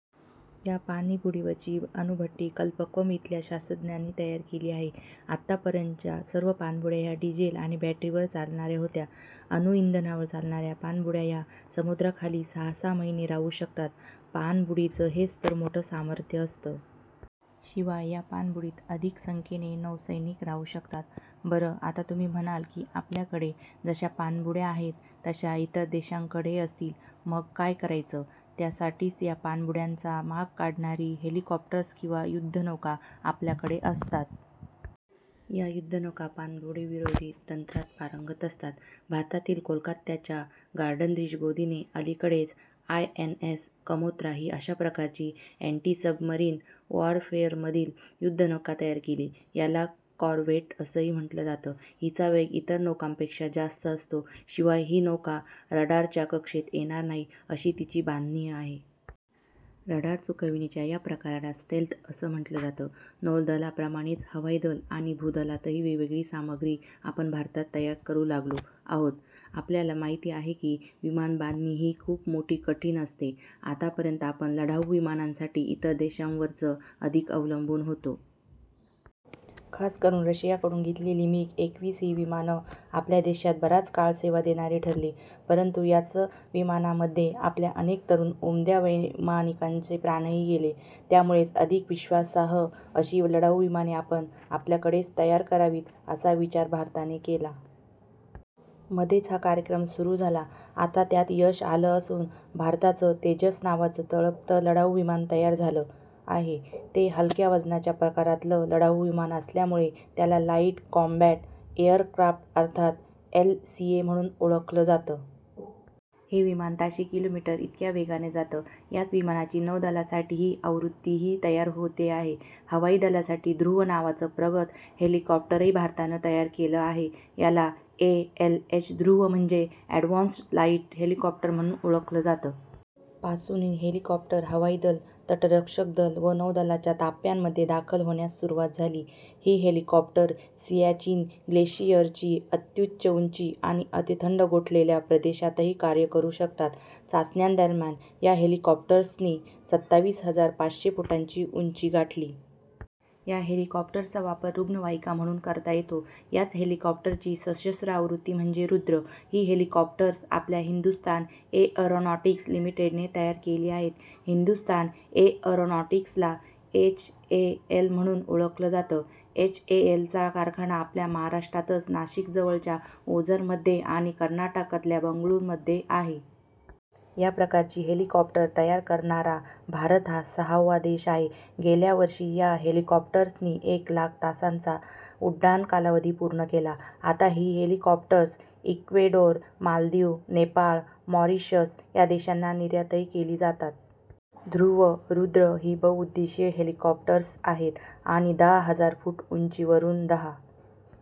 या पाणबुडीवरची अणुभट्टी कल्पक्कम इथल्या शास्त्रज्ञांनी तयार केली आहे. आतापर्यंतच्या सर्व पाणबुड्या या डिझेल आणि बॅटरीवर चालणाऱ्या होत्या. अणुइंधनावर चालणाऱ्या पाणबुड्या या समुद्राखाली सहा-सहा महिने राहू शकतात. पाणबुडीचं हेच तर मोठं सामर्थ्य असतं. शिवाय या पाणबुडीत अधिक संख्येने नौसैनिक राहू शकतात. बरं, आता तुम्ही म्हणाल की आपल्याकडे जशा पाणबुड्या आहेत, तशा इतर देशांकडेही असतील, मग काय करायचं? त्यासाठीच या पाणबुड्यांचा माग काढणारी हेलिकॉप्टर्स किंवा युद्धनौका आपल्याकडे असतात. या युद्धनौका पाणबुडीविरोधी तंत्रात पारंगत असतात. भारतातील कोलकात्याच्या गार्डनरीच गोदीने अलीकडेच आयएनएस कमोत्रा ही अशा प्रकारची एन्टीसबमरीन वॉरफेअरमधील युद्धनौका तयार केली. याला कॉरव्हेट असंही म्हटलं जातं. हिचा वेग इतर नौकांपेक्षा जास्त असतो. शिवाय ही नौका रडारच्या कक्षेत येणार नाही, अशी तिची बांधणी आहे. रडार चुकविण्याच्या या प्रकाराला स्टेल्थ असं म्हटलं जातं. नौदलाप्रमाणेच हवाई दल आणि भूदलातही वेगवेगळी सामग्री आपण भारतात तयार करू लागलो आहोत. आपल्याला माहिती आहे की विमानबांधणीही खूप कठीण असते. आतापर्यंत आपण लढाऊ विमानांसाठी इतर देशांवरच अधिक अवलंबून होतो. खासकरून रशियाकडून घेतलेली मिग एकवीस ही विमानं आपल्या देशात बराच काळ सेवा देणारी ठरली. परंतु याच विमानांमध्ये आपल्या अनेक तरुण उमद्या वैमानिकांचे प्राणही गेले. त्यामुळेच अधिक विश्वासार्ह अशी लढाऊ विमाने आपण आपल्याकडेच तयार करावीत, असा विचार भारताने केला. मध्येच हा कार्यक्रम सुरू झाला. आता त्यात यश आलं असून भारताचं तेजस नावाचं तळपतं लढाऊ विमान तयार झालं आहे. ते हलक्या वजनाच्या प्रकारातलं लढाऊ विमान असल्यामुळे त्याला लाइट कॉम्बॅट एअरक्राफ्ट अर्थात एलसीए म्हणून ओळखलं जातं. हे विमान ताशी किलोमीटर इतक्या वेगाने जातं. याच विमानाची नौदलासाठीची आवृत्तीही तयार होते आहे. हवाई दलासाठी ध्रुव नावाचं प्रगत हेलिकॉप्टरही भारताने तयार केलं आहे. याला एएलएच ध्रुव म्हणजे एडव्हान्स्ड लाइट हेलिकॉप्टर म्हणून ओळखलं जातं. पासून ही हेलिकॉप्टर हवाई दल, तटरक्षक दल व नौदलाच्या ताफ्यांमध्ये दाखल होण्यास सुरुवात झाली. ही हेलिकॉप्टर सियाचीन ग्लेशियरची अत्युच्च उंची आणि अतिथंड गोठलेल्या प्रदेशातही कार्य करू शकतात. चाचण्यांदरम्यान या हेलिकॉप्टर्सनी सत्तावीस हजार पाचशे फुटांची उंची गाठली. या हेलिकॉप्टर्सचा वापर रुग्णवाहिका म्हणूनही करता येतो. याच हेलिकॉप्टरची सशस्त्र आवृत्ती म्हणजे रुद्र. ही हेलिकॉप्टर्स आपल्या हिंदुस्तान एअरोनॉटिक्स लिमिटेडने तयार केली आहेत. हिंदुस्तान एअरोनॉटिक्सला एचएएल म्हणून ओळखलं जातं. एचएएलचा कारखाना आपल्या महाराष्ट्रातच नाशिकजवळच्या ओझरमध्ये आणि कर्नाटकातल्या बंगळुरूमध्ये आहे. या प्रकारची हेलिकॉप्टर तयार करणारा भारत हा सहावा देश आहे. गेल्याच वर्षी या हेलिकॉप्टर्सनी एक लाख तासांचा उड्डाण कालावधी पूर्ण केला. आता ही helicopters Ecuador, Maldives, Nepal, Mauritius या देशांना निर्यातही केली जातात. ध्रुव, रुद्र ही बहुउद्देशीय हेलिकॉप्टर्स आहेत आणि दहा हजार फूट उंचीवरून दहा